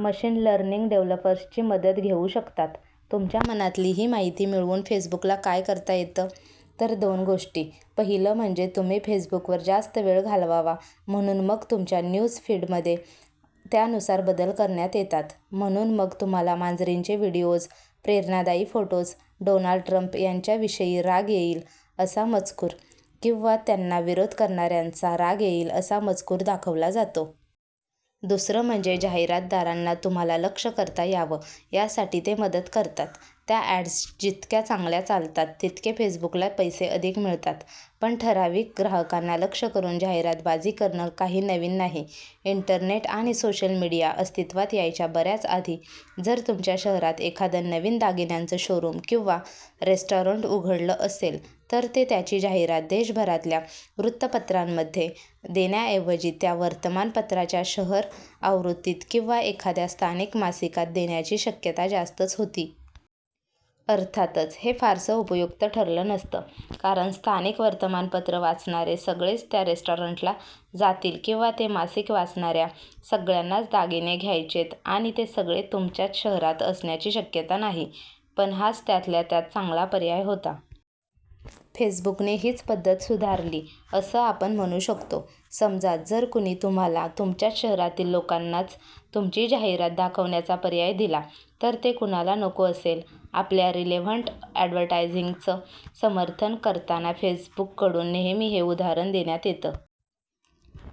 Machine learning डेव्हलपर्सची मदत घेऊ शकतात. तुमच्या मनातली ही माहिती मिळवून फेसबुकला काय करता येतं? तर दोन गोष्टी पहिलं म्हणजे तुम्ही फेसबुकवर जास्त वेळ घालवावा म्हणून मग तुमच्या न्यूजफीडमध्ये त्यानुसार बदल करण्यात येतात. म्हणून मग तुम्हाला मांजरींचे व्हिडिओज, प्रेरणादायी फोटोज, डोनाल्ड ट्रंप यांच्याविषयी राग येईल असा मजकूर किंवा त्यांना विरोध करणाऱ्यांचा राग येईल असा मजकूर दाखवला जातो. दुसरं म्हणजे जाहिरातदारांना तुम्हाला लक्ष करता यावं, यासाठी ते मदत करतात. त्या अॅड्स जितक्या चांगल्या चालतात, तितके फेसबुकला पैसे अधिक मिळतात. पण ठराविक ग्राहकांना लक्ष्य करून जाहिरातबाजी करणं काही नवीन नाही. इंटरनेट आणि सोशल मीडिया अस्तित्त्वात यायच्या बऱ्याच आधी जर तुमच्या शहरात एखादं नवीन दागिन्यांचं शोरूम किंवा रेस्टॉरंट उघडलं असेल तर ते त्याची जाहिरात देशभरातल्या वृत्तपत्रांमध्ये देण्याऐवजी त्या वर्तमानपत्राच्या शहर आवृत्तीत किंवा एखाद्या स्थानिक मासिकात देण्याची शक्यता जास्तच होती. अर्थातच हे फारसं उपयुक्त ठरलं नसतं, कारण स्थानिक वर्तमानपत्रं वाचणारे सगळेच त्या रेस्टॉरंटला जातील किंवा ते मासिक वाचणाऱ्या सगळ्यांनाच दागिने घ्यायचेत आणि ते सगळे तुमच्याच शहरात असण्याची शक्यता नाही. पण हाच त्यातल्या त्यात चांगला पर्याय होता. फेसबुकने हीच पद्धत सुधारली, असं आपण म्हणू शकतो. समजा जर कुणी तुम्हाला तुमच्याच शहरातील लोकांनाच तुमची जाहिरात दाखवण्याचा पर्याय दिला तर ते कुणाला नको असेल? आपल्या 'रिलेव्हंट अॅडव्हर्टायझिंग'चं समर्थन करताना फेसबुककडून नेहमी हे उदाहरण देण्यात येतं.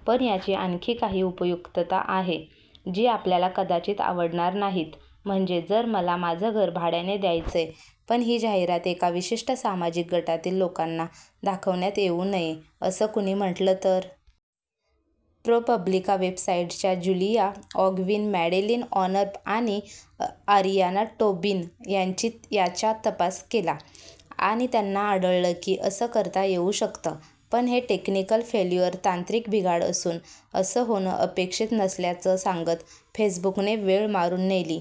पण याची आणखी काही उपयुक्तता आहे, जी आपल्याला कदाचित आवडणार नाहीत. म्हणजे जर मला माझं घर भाड्याने द्यायचंय, पण ही जाहिरात एका विशिष्ट सामाजिक गटातील लोकांना दाखवण्यात येऊ नये, असं कुणी म्हटलं तर? प्रो-पब्लिका वेबसाईटच्या ज्युलिया आँगविन, मॅडेलीन वॉर्नप आणि आरियाना टोबिन यांची याचा तपास केला. आणि त्यांना आढळलं की असं करता येऊ शकतं. पण हे 'टेक्निकल फेल्युअर' तांत्रिक बिघाड असून असं होणं अपेक्षित नसल्याचं सांगत फेसबुकने वेळ मारून नेली.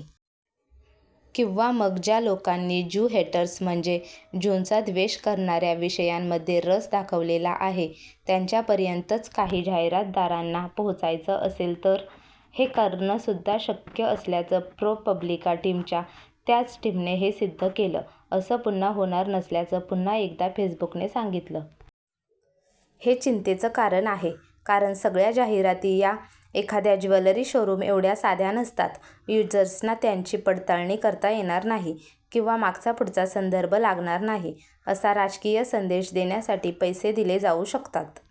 किंवा मग ज्या लोकांनी 'ज्यू हेटर्स' म्हणजे ज्यूंचा द्वेष करणाऱ्या विषयांमध्ये रस दाखवलेला आहे, त्यांच्यापर्यंतच काही जाहिरातदारांना पोहोचायचं असेल तर? हे करणंसुद्धा शक्य असल्याचं प्रो-पब्लिका टीमच्या त्याच टीमने हे सिद्ध केलं. असं पुन्हा होणार नसल्याचं पुन्हा एकदा फेसबुकने सांगितलं. हे चिंतेचं कारण आहे, कारण सगळ्या जाहिराती या एखाद्या ज्वेलरी शोरूमएवढ्या साध्या नसतात. युजर्सना ज्याची पडताळणी करता येणार नाही किंवा मागचापुढचा संदर्भ लागणार नाही, असा राजकीय संदेश देण्यासाठी पैसे दिले जाऊ शकतात.